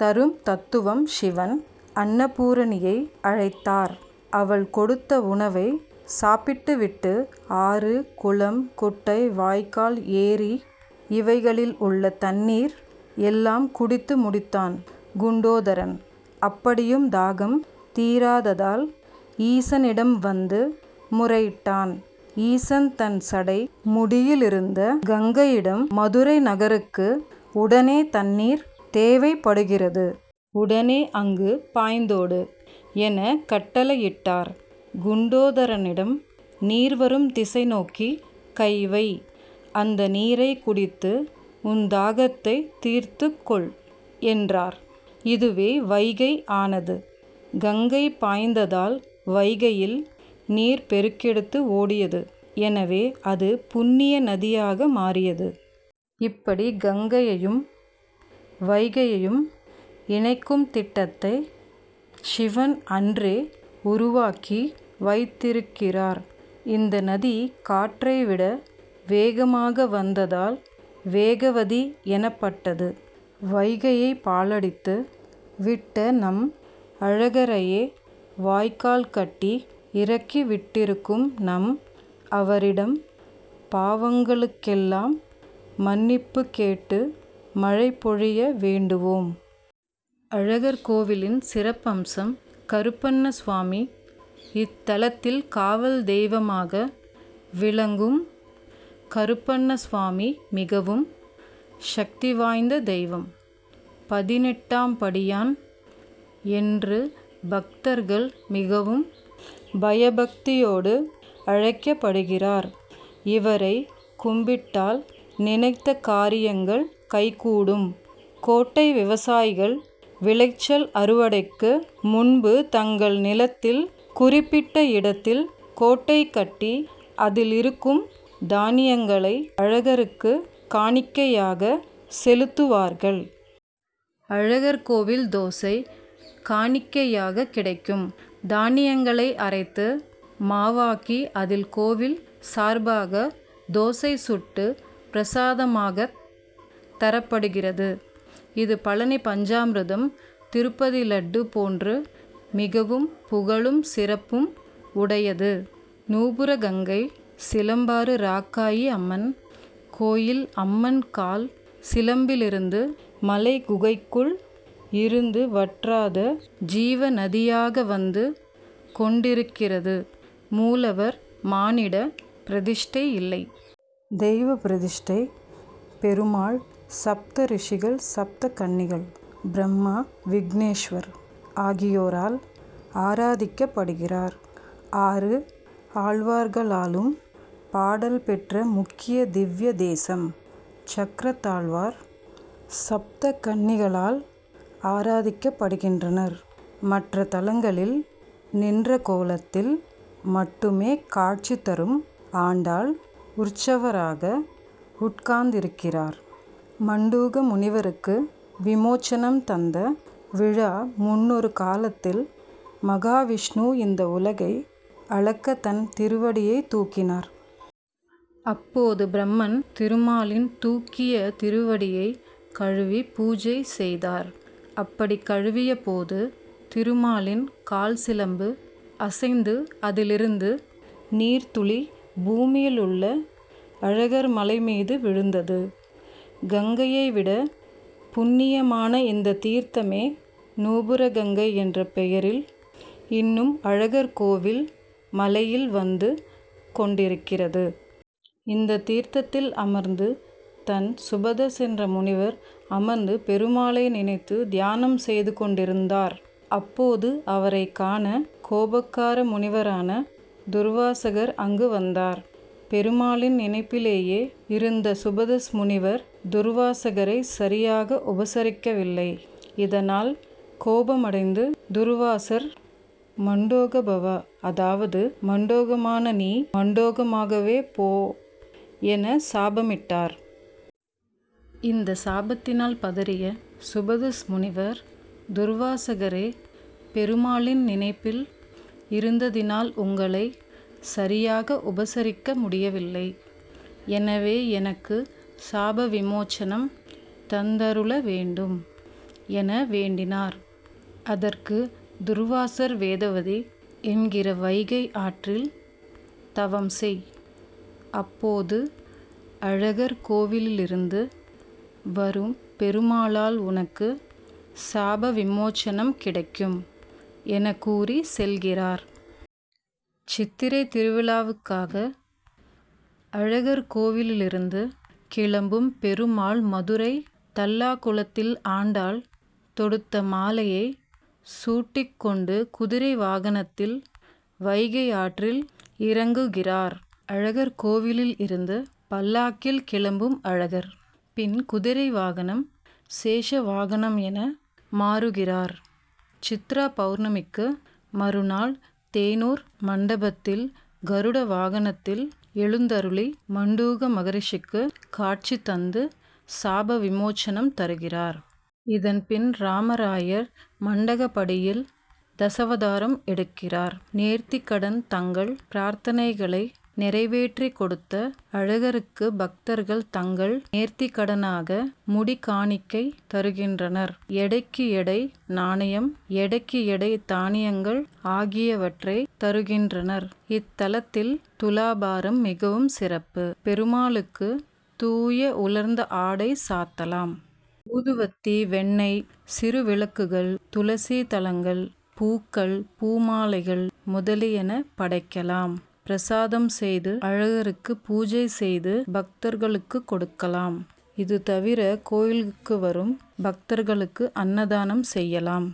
தரும் தத்துவம். சிவன் அன்னபூரணியை அழைத்தார். அவள் கொடுத்த உணவை சாப்பிட்டு விட்டு ஆறு குளம் குட்டை வாய்க்கால் ஏரி இவைகளில் உள்ள தண்ணீர் எல்லாம் குடித்து முடித்தான் குண்டோதரன். அப்படியும் தாகம் தீராததால் ஈசனிடம் வந்து முறையிட்டான். ஈசன் தன் சடை முடியிலிருந்த கங்கையிடம் மதுரை நகருக்கு உடனே தண்ணீர் தேவைப்படுகிறது. உடனே அங்கு பாய்ந்தோடு என கட்டளையிட்டார். குண்டோதரனிடம் நீர் வரும் திசைநோக்கி கை வை. அந்த நீரை குடித்து உன் தாகத்தை தீர்த்து கொள் என்றார். இதுவே வைகை ஆனது. கங்கை பாய்ந்ததால் வைகையில் நீர் பெருக்கெடுத்து ஓடியது. எனவே அது புண்ணிய நதியாக மாறியது. இப்படி கங்கையையும் வைகையையும் இணைக்கும் திட்டத்தை சிவன் அன்றே உருவாக்கி வைத்திருக்கிறார். இந்த நதி காற்றை விட வேகமாக வந்ததால் வேகவதி எனப்பட்டது. வைகையை பாழடித்து விட்ட நாம் அழகரையே வாய்க்கால் கட்டி இறக்கி விட்டிருக்கும் நாம் அவரிடம் பாவங்களுக்கெல்லாம் மன்னிப்பு கேட்டு மழை பொழிய வேண்டுவோம். அழகர்கோவிலின் சிறப்பம்சம் கருப்பண்ணசுவாமி இத்தலத்தில் காவல் தெய்வமாக விளங்கும் கருப்பண்ணசுவாமி மிகவும் சக்தி வாய்ந்த தெய்வம். பதினெட்டாம்படியான் என்று பக்தர்கள் மிகவும் பயபக்தியோடு அழைக்கப்படுகிறார். இவரை கும்பிட்டால் நினைத்த காரி யங்கள் கைகூடும். கோட்டை விவசாயிகள் விளைச்சல் அறுவடைக்கு முன்பு தங்கள் நிலத்தில் குறிப்பிட்ட இடத்தில் கோட்டை கட்டி அதில் இருக்கும் தானியங்களை அழகருக்கு காணிக்கையாக செலுத்துவார்கள். அழகர் கோயில் தோசை காணிக்கையாகக் கிடைக்கும் தானியங்களை அரைத்து மாவாக்கி அதில் கோயில் சார்பாக தோசை சுட்டு பிரசாதமாகத் தரப்படுகிறது. இது பழநி பஞ்சாமிர்தம் திருப்பதி லட்டு போன்று மிகவும் புகழும் சிறப்பும் உடையது. நூபுர கங்கை சிலம்பாறு ராக்காயி அம்மன் கோயில் அம்மன் கால் சிலம்பிலிருந்து மலைக்குகைக்குள் இருந்து வற்றாத ஜீவ நதியாக வந்து கொண்டிருக்கிறது மூலவர் மானிட பிரதிஷ்டை இல்லை. தெய்வ பிரதிஷ்டை. பெருமாள் சப்தரி ஷிகள் சப்த கன்னிகள் பிரம்மா விக்னேஷ்வர் ஆகியோரால் ஆராதிக்கப்படுகிறார். ஆறு ஆழ்வார்களாலும் பாடல் பெற்ற முக்கிய திவ்ய தேசம் சக்கரத்தாழ்வார் சப்த கன்னிகளால் ஆராதிக்கப்படுகின்றார். மற்ற தலங்களில் நின்ற கோலத்தில் மட்டுமே காட்சி தரும் ஆண்டாள் உற்சவராக உட்கார்ந்திருக்கிறார். மண்டூக முனிவருக்கு விமோசனம் தந்த விழா முன்னொரு காலத்தில் மகாவிஷ்ணு இந்த உலகை அளக்க தனது திருவடியை தூக்கினார். அப்போது பிரம்மன் திருமாலின் தூக்கிய திருவடியை கழுவி பூஜை செய்தார். அப்படி கழுவிய போது திருமாலின் கால்சிலம்பு அசைந்து அதிலிருந்து நீர்த்துளி பூமியிலுள்ள அழகர்மலை மீது விழுந்தது. கங்கையை விட புண்ணியமான இந்த தீர்த்தமே நூபுர கங்கை என்ற பெயரில் இன்னும் அழகர் கோவில் மலையில் வந்து கொண்டிருக்கிறது. இந்த தீர்த்தத்தில் அமர்ந்து தான் சுபதஸ் என்ற முனிவர் அமர்ந்து பெருமாளை நினைத்து தியானம் செய்து கொண்டிருந் தார். அப்போது அவரைக்காண கோபக்கார முனிவரான துர்வாசர் அங்கு வந்தார். பெருமாளின் நினைப்பிலேயே இருந்த சுபதஸ் முனிவர் துர்வாசரை சரியாக உபசரிக்கவில்லை. இதனால் கோபமடைந்து துர்வாசர் மண்டூக பவ அதாவது மண்டூகமான நீ மண்டூகமாகவே போ என சாபமிட்டார். இந்த சாபத்தினால் பதறிய சுபதஸ் முனிவர் துர்வாசரே பெருமாளின் நினைப்பில் இருந்ததினால் உங்களை சரியாக உபசரிக்க முடியவில்லை எனவே எனக்கு சாபவிமோசனம் தந்தருள வேண்டும் என வேண்டினார். அதற்கு துர்வாசர் வேதவதி என்கிற வைகை ஆற்றில் தவம் செய். அப்போது அழகர்கோவிலிலிருந்து வரும் பெருமாளால் உனக்கு சாபவிமோசனம் கிடைக்கும் என கூறி செல்கிறார். சித்திரை திருவிழாவிற்காக அழகர்கோவிலிலிருந்து கிளம்பும் பெருமாள் மதுரை தல்லாகுளத்தில் ஆண்டாள் தொடுத்த மாலையை சூட்டிக்கொண்டு குதிரை வாகனத்தில் வைகை ஆற்றில் இறங்குகிறார். அழகர்கோவிலில் இருந்து பல்லக்கில் கிளம்பும் அழகர் பின் குதிரை வாகனம் சேஷவாகனம் என மாறுகிறார். சித்ராபவுர்ணமிக்கு மறுநாள் தேனூர் மண்டபத்தில் கருட வாகனத்தில் எழுந்தருளி மண்டூக மகரிஷிக்கு காட்சி தந்து சாபவிமோசனம் தருகிறார். இதன் பின் ராமராயர் மண்டகப்படியில் தசாவதாரம் எடுக்கிறார். நேர்த்திக்கடன் தங்கள் பிரார்த்தனைகளை நிறைவேற்றி கொடுத்த அழகருக்கு பக்தர்கள் தங்கள் நேர்த்திக்கடனாக முடிக்காணிக்கை தருகின்றனர். எடைக்கு எடை நாணயம் எடைக்கு எடை தானியங்கள் ஆகியவற்றை தருகின்றனர். இத்தலத்தில் துலாபாரம் மிகவும் சிறப்பு. பெருமாளுக்கு தூய உலர்ந்த ஆடை சாத்தலாம். ஊதுவத்தி வெண்ணெய் சிறு விளக்குகள் துளசி தளங்கள் பூக்கள் பூமாலைகள் முதலியன படைக்கலாம். பிரசாதம் செய்து அழகருக்கு பூஜை செய்து பக்தர்களுக்கு கொடுக்கலாம். இது தவிர கோயிலுக்கு வரும் பக்தர்களுக்கு அன்னதானம் செய்யலாம்.